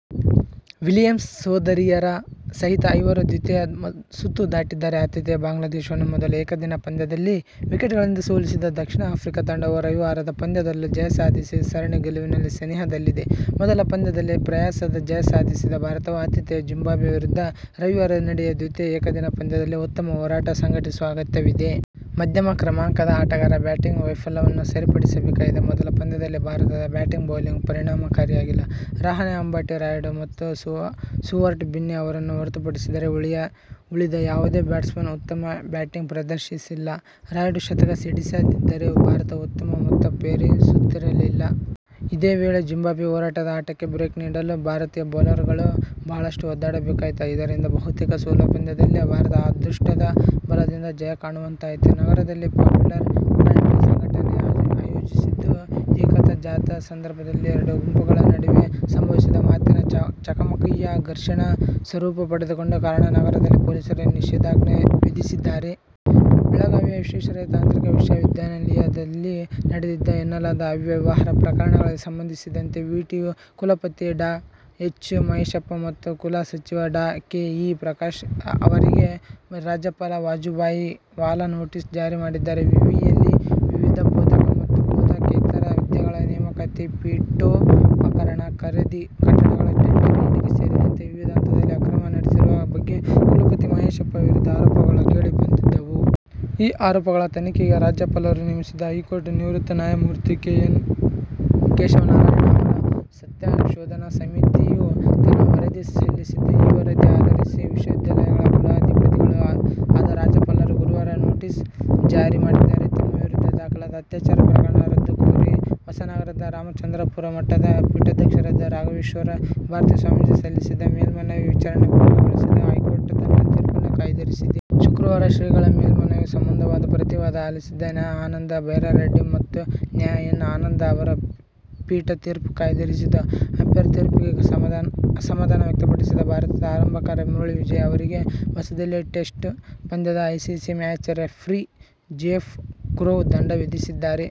Williams ಸೋದರಿಯರ ಸಹಿತ ಐವರು ದ್ವಿತೀಯ ಸುತ್ತು ದಾಟಿದ್ದಾರೆ. ಆತಿಥೇಯ ಬಾಂಗ್ಲಾದೇಶವನ್ನು ಮೊದಲ ಏಕದಿನ ಪಂದ್ಯದಲ್ಲಿ ವಿಕೆಟ್ಗಳಿಂದ ಸೋಲಿಸಿದ ದಕ್ಷಿಣ ಆಫ್ರಿಕಾ ತಂಡವು ರವಿವಾರದ ಪಂದ್ಯದಲ್ಲೂ ಜಯ ಸಾಧಿಸಿ ಸರಣಿ ಗೆಲುವಿನ ಸನಿಹದಲ್ಲಿದೆ. ಮೊದಲ ಪಂದ್ಯದಲ್ಲಿ ಪ್ರಯಾಸದ ಜಯ ಸಾಧಿಸಿದ ಭಾರತವು ಆತಿಥೇಯ ಜಿಂಬಾಬ್ವೆ ವಿರುದ್ಧ ರವಿವಾರ ನಡೆಯುವ ದ್ವಿತೀಯ ಏಕದಿನ ಪಂದ್ಯದಲ್ಲಿ ಉತ್ತಮ ಹೋರಾಟ ಸಂಘಟಿಸುವ ಅಗತ್ಯವಿದೆ. ಮಧ್ಯಮ ಕ್ರಮಾಂಕದ ಆಟಗಾರರ ಬ್ಯಾಟಿಂಗ್ ವೈಫಲ್ಯವನ್ನು ಸರಿಪಡಿಸಬೇಕಾಗಿದೆ. ಮೊದಲ ಪಂದ್ಯದಲ್ಲಿ ಭಾರತದ ಬ್ಯಾಟಿಂಗ್, ಬೌಲಿಂಗ್ ಪರಿಣಾಮಕಾರಿಯಾಗಿಲ್ಲ. ರಹಾನೆ. ಅಂಬಾಟಿ ರಾಯುಡು ಮತ್ತು ಸ್ಟುವರ್ಟ್ ಬಿನ್ನಿ ಅವರನ್ನು ಹೊರತುಪಡಿಸಿದರೆ ಉಳಿದ ಯಾವುದೇ ಬ್ಯಾಟ್ಸ್ಮನ್ ಉತ್ತಮ ಬ್ಯಾಟಿಂಗ್ ಪ್ರದರ್ಶಿಸಿಲ್ಲ. ರಾಯುಡು ಶತಕ ಸಿಡಿಸದಿದ್ದರೆ ಭಾರತ ಉತ್ತಮ ಮೊತ್ತ ಪೇರಿಸುತ್ತಿರಲಿಲ್ಲ. ಇದೇ ವೇಳೆ ಜಿಂಬಾಬ್ವೆಯ ಹೋರಾಟದ ಆಟಕ್ಕೆ ಬ್ರೇಕ್ ನೀಡಲು ಭಾರತೀಯ ಬೌಲರ್ಗಳು ಬಹಳಷ್ಟು ಒದ್ದಾಡಬೇಕಾಯಿತು. ಇದರಿಂದ ಬಹುತೇಕ ಸೋಲುವ ಪಂದ್ಯದಲ್ಲಿ ಭಾರತ ಅದೃಷ್ಟದ ಬಲದಿಂದ ಜಯ ಕಾಣುವಂತಾಯಿತು. ನಗರದಲ್ಲಿ ಪಾಪ್ಯುಲರ್ ಫ್ರಂಟ್ ಸಂಘಟನೆಯು ಆಯೋಜಿಸಿದ್ದ ಏಕತಾ ಜಾಥಾ ಸಂದರ್ಭದಲ್ಲಿ ಎರಡು ಗುಂಪುಗಳ ನಡುವೆ ಸಂಭವಿಸಿದ ಮಾತಿನ ಚಕಮಕಿಯು ಘರ್ಷಣಾ ಸ್ವರೂಪ ಪಡೆದುಕೊಂಡ ಕಾರಣ ನಗರದಲ್ಲಿ ಪೊಲೀಸರು ನಿಷೇದಾಜ್ಞೆ ವಿಧಿಸಿದ್ದಾರೆ. ಬೆಳಗಾವಿಯ ವಿಶ್ವೇಶ್ವರಯ್ಯ ತಾಂತ್ರಿಕ ವಿಶ್ವವಿದ್ಯಾಲಯನಲ್ಲಿ ನಡೆದಿದೆ ಎನ್ನಲಾದ ಅವ್ಯವಹಾರ ಪ್ರಕರಣಗಳಿಗೆ ಸಂಬಂಧಿಸಿದಂತೆ ವಿಟಿಯು ಕುಲಪತಿ ಡಾ. ಎಚ್. ಮಹೇಶಪ್ಪ ಮತ್ತು ಕುಲಸಚಿವ ಡಾ. ಕೆ. ಇ. ಪ್ರಕಾಶ್ ಅವರಿಗೆ ರಾಜ್ಯಪಾಲ ವಜುಭಾಯಿ ವಾಲಾ ನೋಟಿಸ್ ಜಾರಿ ಮಾಡಿದ್ದಾರೆ. ವಿವಿಯಲ್ಲಿ ವಿವಿಧ ಬೋಧಕ ಮತ್ತು ಬೋಧಕೇತರ ಹುದ್ದೆಗಳ ನೇಮಕಾತಿ, ಪೀಠೊಪಕರಣ ಖರೀದಿ, ಕಟ್ಟಡಗಳ ಟೆಂಡರ್ ನೀಡಿಕೆ ಸೇರಿದಂತೆ ವಿವಿಧ ಹಂತದಲ್ಲಿ ಅಕ್ರಮ ನಡೆಸಿರುವ ಬಗ್ಗೆ ಕುಲಪತಿ ಮಹೇಶಪ್ಪ ವಿರುದ್ಧ ಆರೋಪಗಳು ಕೇಳಿಬಂದಿದ್ದವು. ಈ ಆರೋಪಗಳ ತನಿಖೆಗೆ ರಾಜ್ಯಪಾಲರು ನೇಮಿಸಿದ್ದ ಹೈಕೋರ್ಟ್ ನಿವೃತ್ತ ನ್ಯಾಯಮೂರ್ತಿ ಕೆ. ಎನ್. ಕೇಶವನಾರಾಯಣ ಅವರ ಸತ್ಯಶೋಧನಾ ಸಮಿತಿಯು ತನ್ನ ವರದಿ ಸಲ್ಲಿಸಿದ್ದು, ಈ ವರದಿ ಆಧರಿಸಿ ವಿಶ್ವವಿದ್ಯಾಲಯಗಳ ಕುಲಾಧಿಪತಿಗಳೂ ಆದ ರಾಜ್ಯಪಾಲರು ಗುರುವಾರ ನೋಟಿಸ್ ಜಾರಿ ಮಾಡಿದ್ದಾರೆ. ತಮ್ಮ ವಿರುದ್ಧ ದಾಖಲಾದ ಅತ್ಯಾಚಾರ ಪ್ರಕರಣ ರದ್ದು ಕೋರಿ ಹೊಸನಗರದ ರಾಮಚಂದ್ರಾಪುರ ಮಠದ ಪೀಠಾಧ್ಯಕ್ಷರಾದ ರಾಘವೇಶ್ವರ ಭಾರತಿ ಸ್ವಾಮೀಜಿ ಸಲ್ಲಿಸಿದ್ದ ಮೇಲ್ಮನವಿ ವಿಚಾರಣೆ ಪೂರ್ಣಗೊಳಿಸಿದ ಹೈಕೋರ್ಟ್ ತನ್ನ ತೀರ್ಪನ್ನು ಕಾಯ್ದಿರಿಸಿದೆ. ಶುಕ್ರವಾರ ಶ್ರೀಗಳ ಮೇಲ್ಮನವಿ ಸಂಬಂಧ ವಾದ-ಪ್ರತಿವಾದ ಆಲಿಸಿದ ನ್ಯಾ. ಆನಂದ್ ಬೈರಾರೆಡ್ಡಿ ಮತ್ತು ನ್ಯಾ. ಎನ್. ಆನಂದ್ ಅವರ ಪೀಠ ತೀರ್ಪು ಕಾಯ್ದಿರಿಸಿತು. ಅಂಪಾಯರ್ ತೀರ್ಪಿಗೆ ಅಸಮಾಧಾನ ವ್ಯಕ್ತಪಡಿಸಿದ ಭಾರತದ ಆರಂಭಕಾರ ಮುರಳಿ ವಿಜಯ್ ಅವರಿಗೆ ಹೊಸದಿಲ್ಲಿ ಟೆಸ್ಟ್ ಪಂದ್ಯದ ICC match referee Jeff Crowe ದಂಡ ವಿಧಿಸಿದ್ದಾರೆ.